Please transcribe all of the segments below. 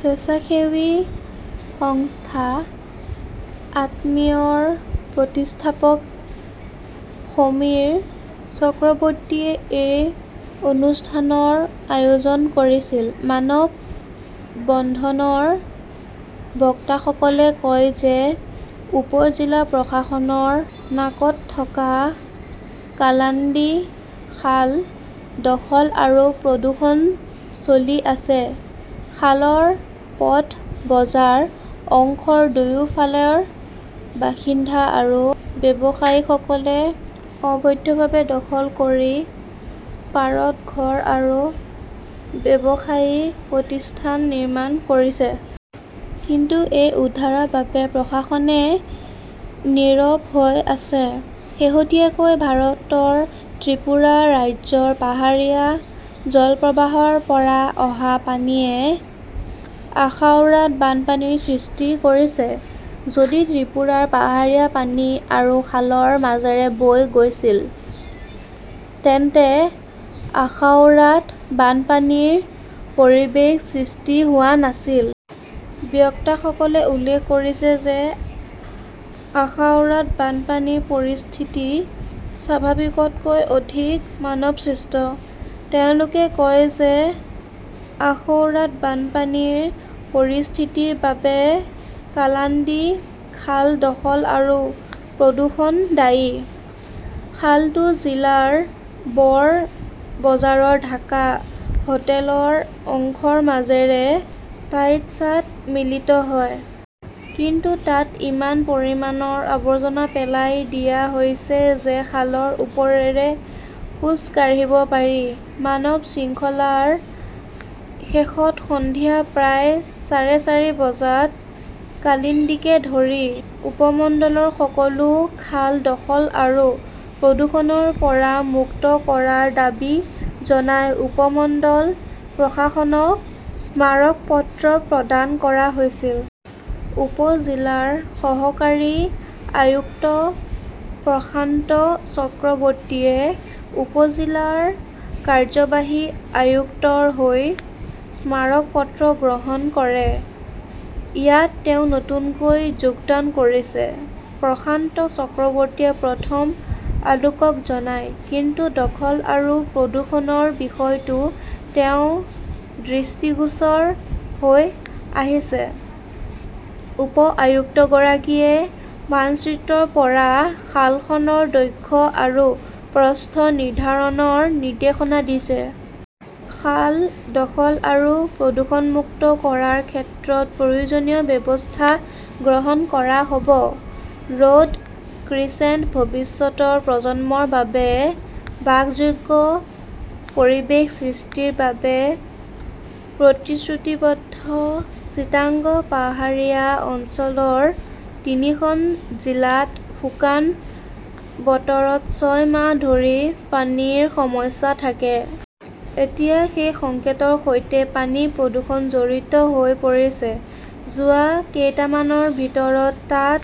স্বেচ্ছাসেৱী সংস্থা আত্মীয়ৰ প্ৰতিষ্ঠাপক সমীৰ চক্ৰৱৰ্তীয়ে এই অনুষ্ঠানৰ আয়োজন কৰিছিল। মানৱ বন্ধনৰ বক্তাসকলে কয় যে, উপ-জিলা প্ৰশাসনৰ নাকত থকা কালাণ্ডি খাল দখল আৰু প্ৰদূষণ চলি আছে। খালৰ পথ বজাৰ অংশৰ দুয়োফালৰ বাসিন্দা আৰু ব্যৱসায়ীসকলে অবৈধভাৱে দখল কৰি পাৰত ঘৰ আৰু ব্যৱসায়িক প্ৰতিষ্ঠান নিৰ্মাণ কৰিছে। কিন্তু এই উদ্ধাৰৰ বাবে প্ৰশাসনে নীৰৱ হৈ আছে। শেহতীয়াকৈ ভাৰতৰ ত্ৰিপুৰা ৰাজ্যৰ পাহাৰীয়া জলপ্ৰবাহৰ পৰা অহা পানীয়ে আখাউৰাত বানপানীৰ সৃষ্টি কৰিছে। যদি ত্ৰিপুৰাৰ পাহাৰীয়া পানী এই খালৰ মাজেৰে বৈ গৈছিল, তেন্তে আখাউৰাত বানপানীৰ পৰিৱেশ সৃষ্টি হোৱা নাছিল। বক্তাসকলে উল্লেখ কৰিছিল যে, আখাউৰাত বানপানীৰ পৰিস্থিতি স্বাভাৱিকতকৈ অধিক মানৱসৃষ্ট। তেওঁলোকে কয় যে, আখৌৰাত বানপানীৰ পৰিস্থিতিৰ বাবে কালাণ্ডি খাল দখল আৰু প্ৰদূষণ দায়ী। খালটো জিলাৰ বড় বজাৰৰ ঢাকা হোটেলৰ অংশৰ মাজেৰে টাইটাছত মিলিত হয়। কিন্তু তাত ইমান পৰিমাণৰ আৱৰ্জনা পেলাই দিয়া হৈছে যে খালৰ ওপৰেৰে খোজ কাঢ়িব পাৰি। মানৱ শৃংখলাৰ শেষত সন্ধিয়া প্ৰায় চাৰে চাৰি বজাত কালিণ্ডকে ধৰি উপমণ্ডলৰ সকলো খাল দখল আৰু প্ৰদূষণৰ পৰা মুক্ত কৰাৰ দাবী জনাই উপমণ্ডল প্ৰশাসনক স্মাৰক পত্ৰ প্ৰদান কৰা হৈছিল। উপ-জিলাৰ সহকাৰী আয়ুক্ত প্ৰশান্ত চক্ৰৱৰ্তীয়ে উপ-জিলা কাৰ্যবাহী আয়ুক্তৰ হৈ স্মাৰক পত্ৰ গ্ৰহণ কৰে। ইয়াত তেওঁ নতুনকৈ যোগদান কৰিছে, প্ৰশান্ত চক্ৰৱৰ্তীয়ে প্ৰথম আলোকক জনায়। কিন্তু দখল আৰু প্ৰদূষণৰ বিষয়টো তেওঁৰ দৃষ্টিগোচৰ হৈ আহিছে। উপ-আয়ুক্তগৰাকীয়ে মানচিত্ৰৰ পৰা খালখনৰ দৈৰ্ঘ্য আৰু প্ৰস্থ নিৰ্ধাৰণৰ নিৰ্দেশনা দিছে। খাল দখল আৰু প্ৰদূষণমুক্ত কৰাৰ ক্ষেত্ৰত প্ৰয়োজনীয় ব্যৱস্থা গ্ৰহণ কৰা হ'ব। ৰেড ক্ৰিচেণ্ট ভৱিষ্যতৰ প্ৰজন্মৰ বাবে বাসযোগ্য পৰিৱেশ সৃষ্টিৰ বাবে প্ৰতিশ্ৰুতিবদ্ধ চিটাগং পাহাৰীয়া অঞ্চলৰ তিনিখন জিলাত শুকান বতৰত ছয় মাহ ধৰি পানীৰ সমস্যা থাকে। এতিয়া সেই সংকটৰ সৈতে পানীৰ প্ৰদূষণ জড়িত হৈ পৰিছে। যোৱা কেইমাহমানৰ ভিতৰত তাত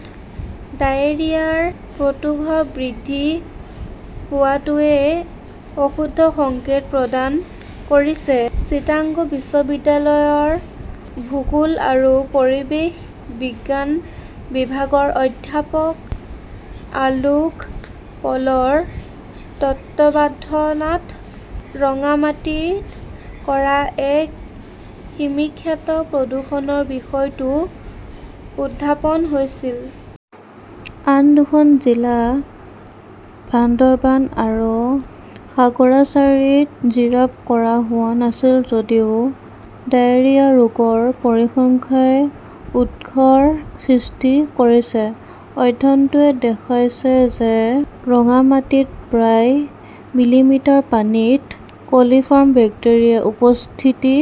ডায়েৰিয়াৰ প্ৰাদুৰ্ভাৱ বৃদ্ধি পোৱাটোৱে অশুভ সংকেত প্ৰদান কৰিছে। চিটাগং বিশ্ববিদ্যালয়ৰ ভূগোল আৰু পৰিৱেশ বিজ্ঞান বিভাগৰ অধ্যাপক অলোক পালৰ তত্বাৱধানত ৰংগামাটিত কৰা এক সমীক্ষাত প্ৰদূষণৰ বিষয়টো উত্থাপন হৈছিল। আন দুখন জিলা বান্দাৰবান আৰু খাগৰাছাৰীত জৰীপ কৰা হোৱা নাছিল যদিও ডায়েৰিয়া ৰোগীৰ পৰিসংখ্যাই উদ্বেগৰ সৃষ্টি কৰিছে। অধ্যয়নটোৱে দেখুৱাইছে যে ৰংগামাটিত প্ৰতি মিলিলিটাৰ পানীত কলিফৰ্ম বেক্টেৰিয়াৰ উপস্থিতি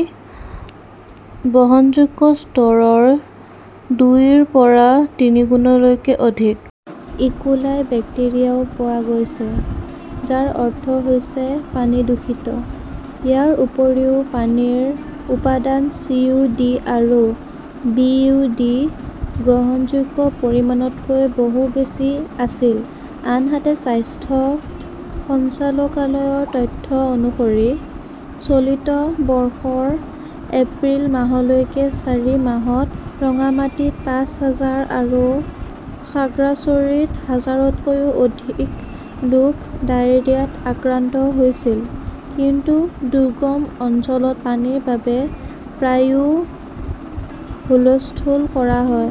বহনযোগ্য স্তৰৰ দুইৰ পৰা তিনিগুণতকৈ অধিক। ইকোলাই বেক্টেৰিয়াও পোৱা গৈছে, যাৰ অৰ্থ হৈছে পানী দূষিত। ইয়াৰ উপৰিও পানীৰ উপাদান চি. ও. ডি. আৰু বি. ও. ডি. গ্ৰহণযোগ্য পৰিমাণতকৈ বহু বেছি আছিল। আনহাতে, স্বাস্থ্য সঞ্চালকালয়ৰ তথ্য অনুসৰি চলিত বৰ্ষৰ এপ্ৰিল মাহলৈকে চাৰি মাহত ৰংগামাটিত পাঁচ হাজাৰ আৰু খাগ্ৰাচৰীত হাজাৰতকৈও অধিক লোক ডায়েৰিয়াত আক্ৰান্ত হৈছিল। কিন্তু দুৰ্গম অঞ্চলত পানীৰ বাবে প্ৰায়ে হুলস্থুল কৰা হয়।